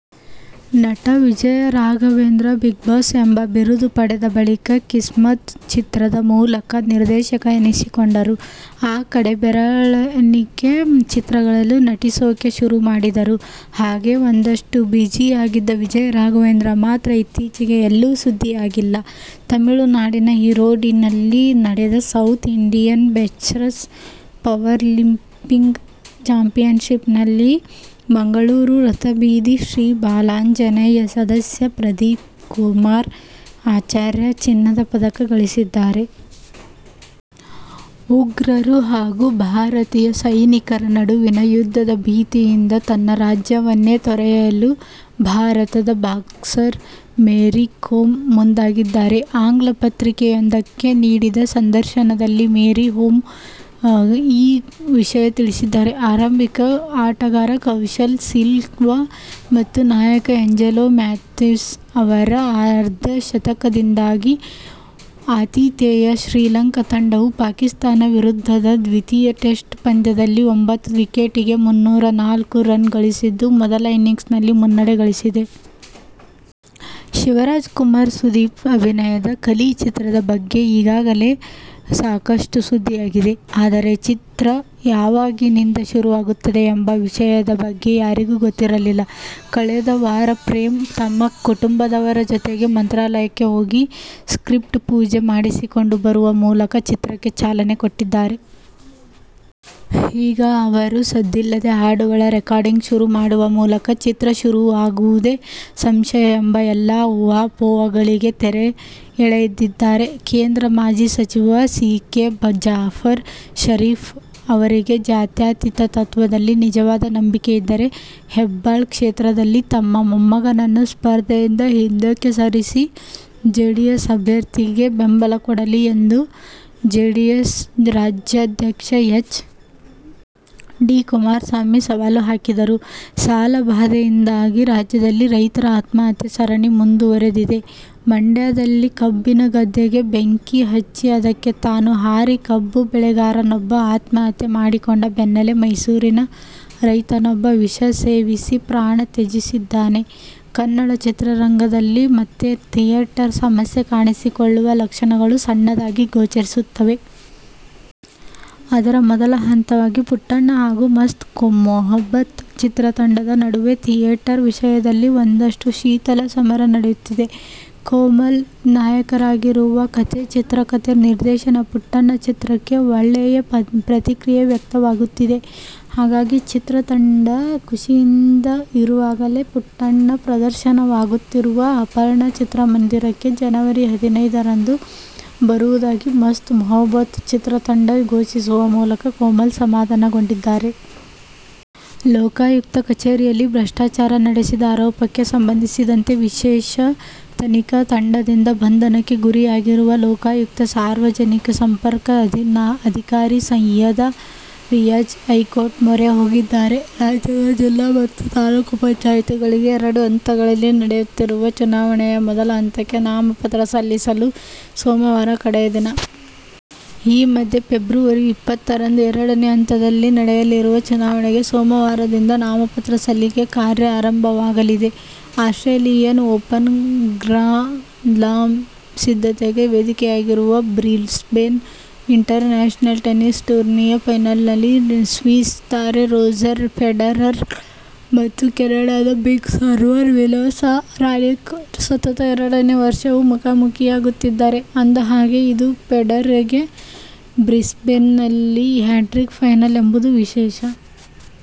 ನಟ ವಿಜಯರಾಘವೇಂದ್ರ "ಬಿಗ್ಬಾಸ್' ಎಂಬ ಬಿರುದು ಪಡೆದ ಬಳಿಕ "ಕಿಸ್ಮತ್' ಚಿತ್ರದ ಮೂಲಕ ನಿರ್ದೇಶಕ ಎನಿಸಿಕೊಂಡರು. ಆ ಕಡೆ ಬೆರಳೆಣಿಕೆ ಚಿತ್ರಗಳಲ್ಲೂ ನಟಿಸೋಕೆ ಶುರುಮಾಡಿದರು. ಹಾಗೇ ಒಂದಷ್ಟು ಬಿಜಿಯಾಗಿದ್ದ ವಿಜಯರಾಘವೇಂದ್ರ ಮಾತ್ರ ಇತ್ತೀಚೆಗೆ ಎಲ್ಲೂ ಸುದ್ದಿಯಾಗಿಲ್ಲ. ತಮಿಳುನಾಡಿನ ಈರೋಡಿನಲ್ಲಿ ನಡೆದ ಸೌತ್ ಇಂಡಿಯನ್ ಬೆಂಚ್ಪ್ರಸ್ ಪವರ್ಲಿಫ್ಟಿಂಗ್ ಚಾಂಪಿಯನ್ಶಿಪ್ನಲ್ಲಿ ಮಂಗಳೂರು ರಥಬೀದಿ ಶ್ರೀ ಬಾಲಾಂಜನೇಯ ಸದಸ್ಯ ಪ್ರದೀಪ್ಕುಮಾರ್ ಆಚಾರ್ಯ ಚಿನ್ನದ ಪದಕ ಗಳಿಸಿದ್ದಾರೆ. ಉಗ್ರರು ಹಾಗೂ ಭಾರತೀಯ ಸೈನಿಕರ ನಡುವಿನ ಯುದ್ಧದ ಭೀತಿಯಿಂದ ತನ್ನ ರಾಜ್ಯವನ್ನೇ ತೊರೆಯಲು ಭಾರತದ ಬಾಕ್ಸರ್ ಮೇರಿ ಕೋಮ್ ಮುಂದಾಗಿದ್ದಾರೆ. ಆಂಗ್ಲ ಪತ್ರಿಕೆಯೊಂದಕ್ಕೆ ನೀಡಿದ ಸಂದರ್ಶನದಲ್ಲಿ ಮೇರಿ ಹೋಮ್ ಈ ವಿಷಯ ತಿಳಿಸಿದ್ದಾರೆ. ಆರಂಭಿಕ ಆಟಗಾರ ಕೌಶಲ್ ಸಿಲ್ವ ಮತ್ತು ನಾಯಕ ಏಂಜೆಲೊ ಮ್ಯಾಥ್ಯೂಸ್ ಅವರ ಅರ್ಧಶತಕದಿಂದಾಗಿ ಆತಿಥೇಯ ಶ್ರೀಲಂಕಾ ತಂಡವು ಪಾಕಿಸ್ಥಾನ ವಿರುದ್ಧದ ದ್ವಿತೀಯ ಟೆಸ್ಟ್ ಪಂದ್ಯದಲ್ಲಿ ಒಂಬತ್ತು ವಿಕೆಟಿಗೆ ಮುನ್ನೂರ ನಾಲ್ಕು ರನ್ ಗಳಿಸಿದ್ದು ಮೊದಲ ಇನ್ನಿಂಗ್ಸ್ ನಲ್ಲಿ ಮುನ್ನಡೆ ಗಳಿಸಿದೆ. ಶಿವರಾಜಕುಮಾರ್-ಸುದೀಪ್ ಅಭಿನಯದ "ಕಲಿ' ಚಿತ್ರದ ಬಗ್ಗೆ ಈಗಾಗಲೇ ಸಾಕಷ್ಟು ಸುದ್ದಿಯಾಗಿದೆ. ಆದರೆ, ಚಿತ್ರ ಯಾವಾಗಿನಿಂದ ಶುರುವಾಗುತ್ತದೆ ಎಂಬ ವಿಷಯದ ಬಗ್ಗೆ ಯಾರಿಗೂ ಗೊತ್ತಿರಲಿಲ್ಲ. ಕಳೆದ ವಾರ ಪ್ರೇಮ್ ತಮ್ಮ ಕುಟುಂಬದವರ ಜೊತೆಗೆ ಮಂತ್ರಾಲಯಕ್ಕೆ ಹೋಗಿ ಸ್ಕ್ರಿಪ್ಟ್ ಪೂಜೆ ಮಾಡಿಸಿಕೊಂಡು ಬರುವ ಮೂಲಕ ಚಿತ್ರಕ್ಕೆ ಚಾಲನೆ ಕೊಟ್ಟಿದ್ದಾರೆ ಈಗ ಅವರು ಸದ್ದಿಲ್ಲದೆ ಹಾಡುಗಳ ರೆಕಾರ್ಡಿಂಗ್ ಶುರು ಮಾಡುವ ಮೂಲಕ, ಚಿತ್ರ ಶುರುವಾಗುವುದೇ ಸಂಶಯ ಎಂಬ ಎಲ್ಲಾ ಊಹಾಪೋಹಗಳಿಗೆ ತೆರೆ ಎಳೆದಿದ್ದಾರೆ. ಕೇಂದ್ರ ಮಾಜಿ ಸಚಿವ ಸಿ. ಕೆ. ಜಾಫರ್ ಷರೀಫ್ ಅವರಿಗೆ ಜಾತ್ಯತೀತ ತತ್ವದಲ್ಲಿ ನಿಜವಾದ ನಂಬಿಕೆ ಇದ್ದರೆ ಹೆಬ್ಟಾಳ ಕ್ಷೇತ್ರದಲ್ಲಿ ತಮ್ಮ ಮೊಮ್ಮಗನನ್ನು ಸ್ಪರ್ಧೆಯಿಂದ ಹಿಂದಕ್ಕೆ ಸರಿಸಿ ಜೆಡಿಎಸ್ ಅಭ್ಯರ್ಥಿಗೆ ಬೆಂಬಲಕೊಡಲಿ ಎಂದು ಜೆಡಿಎಸ್ ರಾಜ್ಯಾಧ್ಯಕ್ಷ ಎಚ್. ಡಿ. ಕುಮಾರಸ್ವಾಮಿ ಸವಾಲು ಹಾಕಿದರು. ಸಾಲಬಾಧೆಯಿಂದಾಗಿ ರಾಜ್ಯದಲ್ಲಿ ರೈತರ ಆತ್ಮಹತ್ಯೆ ಸರಣಿ ಮುಂದುವರೆದಿದೆ. ಮಂಡ್ಯದಲ್ಲಿ ಕಬ್ಬಿನ ಗದ್ದೆಗೆ ಬೆಂಕಿ ಹಚ್ಚಿ, ಅದಕ್ಕೆ ತಾನು ಹಾರಿ ಕಬ್ಬು ಬೆಳೆಗಾರನೊಬ್ಬ ಆತ್ಮಹತ್ಯೆ ಮಾಡಿಕೊಂಡ ಬೆನ್ನಲ್ಲೇ ಮೈಸೂರಿನ ರೈತನೊಬ್ಬ ವಿಷ ಸೇವಿಸಿ ಪ್ರಾಣ ತ್ಯಜಿಸಿದ್ದಾನೆ. ಕನ್ನಡ ಚಿತ್ರರಂಗದಲ್ಲಿ ಮತ್ತೆ ಥಿಯೇಟರ್ ಸಮಸ್ಯೆ ಕಾಣಿಸಿಕೊಳ್ಳುವ ಲಕ್ಷಣಗಳು ಸಣ್ಣದಾಗಿ ಗೋಚರಿಸುತ್ತಿದೆ. ಅದರ ಮೊದಲ ಹಂತವಾಗಿ "ಪುಟ್ಟಣ್ಣ' ಹಾಗೂ "ಮಸ್ತ್ ಮೊಹಬ್ಬತ್' ಚಿತ್ರತಂಡದ ನಡುವೆ ಥಿಯೇಟರ್ ವಿಷಯದಲ್ಲಿ ಒಂದಷ್ಟು ಶೀತಲ ಸಮರ ನಡೆಯುತ್ತಿದೆ. ಕೋಮಲ್ ನಾಯಕರಾಗಿರುವ "ಕಥೆ-ಚಿತ್ರಕಥೆ-ನಿರ್ದೇಶನ ''ಪುಟ್ಟಣ್ಣ' ಚಿತ್ರಕ್ಕೆ ಒಳ್ಳೆಯ ಪ್ರತಿಕ್ರಿಯೆ ವ್ಯಕ್ತವಾಗುತ್ತಿದೆ. ಹಾಗಾಗಿ, ಚಿತ್ರತಂಡ ಖುಷಿಯಿಂದಿರುವಾಗಲೇ "ಪುಟ್ಟಣ್ಣ' ಪ್ರದರ್ಶನವಾಗುತ್ತಿರುವ ಅಪರ್ಣಾ ಚಿತ್ರಮಂದಿರಕ್ಕೆ ಜನವರಿ ಹದಿನೈದ ರಂದು ಬರುವುದಾಗಿ "ಮಸ್ತ್ ಮೊಹಬ್ಬತ್' ಚಿತ್ರತಂಡ ಘೋಷಿಸುವ ಮೂಲಕ ಕೋಮಲ್ ಸಮಾಧಾನಗೊಂಡಿದ್ದಾರೆ. ಲೋಕಾಯುಕ್ತ ಕಚೇರಿಯಲ್ಲಿ ಭ್ರಷ್ಟಾಚಾರ ನಡೆಸಿದ ಆರೋಪಕ್ಕೆ ಸಂಬಂಧಿಸಿದಂತೆ ವಿಶೇಷ ತನಿಖಾ ತಂಡದಿಂದ ಬಂಧನಕ್ಕೆ ಗುರಿಯಾಗಿರುವ ಲೋಕಾಯುಕ್ತ ಸಾರ್ವಜನಿಕ ಸಂಪರ್ಕ ಅಧಿಕಾರಿ ಸಯ್ಯದ್ ರಿಯಾಜ್ ಹೈಕೋರ್ಟ್ ಮೊರೆ ಹೋಗಿದ್ದಾರೆ. ರಾಜ್ಯದ ಜಿಲ್ಲಾ ಮತ್ತು ತಾಲೂಕು ಪಂಚಾಯ್ತಿಗಳಿಗೆ ಎರಡು ಹಂತಗಳಲ್ಲಿ ನಡೆಯುತ್ತಿರುವ ಚುನಾವಣೆಯ ಮೊದಲ ಹಂತಕ್ಕೆ ನಾಮಪತ್ರ ಸಲ್ಲಿಸಲು ಸೋಮವಾರ ಕಡೆಯ ದಿನ. ಈ ಮಧ್ಯೆ ಫೆಬ್ರವರಿ ಇಪ್ಪತ್ತರಂದು ಎರಡನೇ ಹಂತದಲ್ಲಿ ನಡೆಯಲಿರುವ ಚುನಾವಣೆಗೆ ಸೋಮವಾರದಿಂದ ನಾಮಪತ್ರ ಸಲ್ಲಿಕೆ ಕಾರ್ಯ ಆರಂಭವಾಗಲಿದೆ. ಆಸ್ಟ್ರೇಲಿಯನ್ ಓಪನ್ ಗ್ರಾನ್ಸ್ಲಾಮ್ ಸಿದ್ಧತೆಗೆ ವೇದಿಕೆಯಾಗಿರುವ "ಬ್ರಿಸ್ಬೇನ್ ಇಂಟರ್ನ್ಯಾಶನಲ್ ಟೆನ್ನಿಸ್ ಟೂರ್ನಿ'ಯ ಫೈನಲ್ನಲ್ಲಿ ಸ್ವಿಸ್ ತಾರೆ ರೋಜರ್ ಫೆಡರರ್ ಮತ್ತು ಕೆನಡಾದ "ಬಿಗ್ ಸರ್ವರ್' ಮಿಲೋಸ್ ರಾನಿಕ್ ಸತತ ಎರಡನೇ ವರ್ಷವೂ ಮುಖಾಮುಖೀಯಾಗುತ್ತಿದ್ದಾರೆ. ಅಂದಹಾಗೆ ಇದು ಫೆಡರರ್ಗೆ ಬ್ರಿಸ್ಬೇನ್ನಲ್ಲಿ ಹ್ಯಾಟ್ರಿಕ್ ಫೈನಲ್ ಎಂಬುದು ವಿಶೇಷ.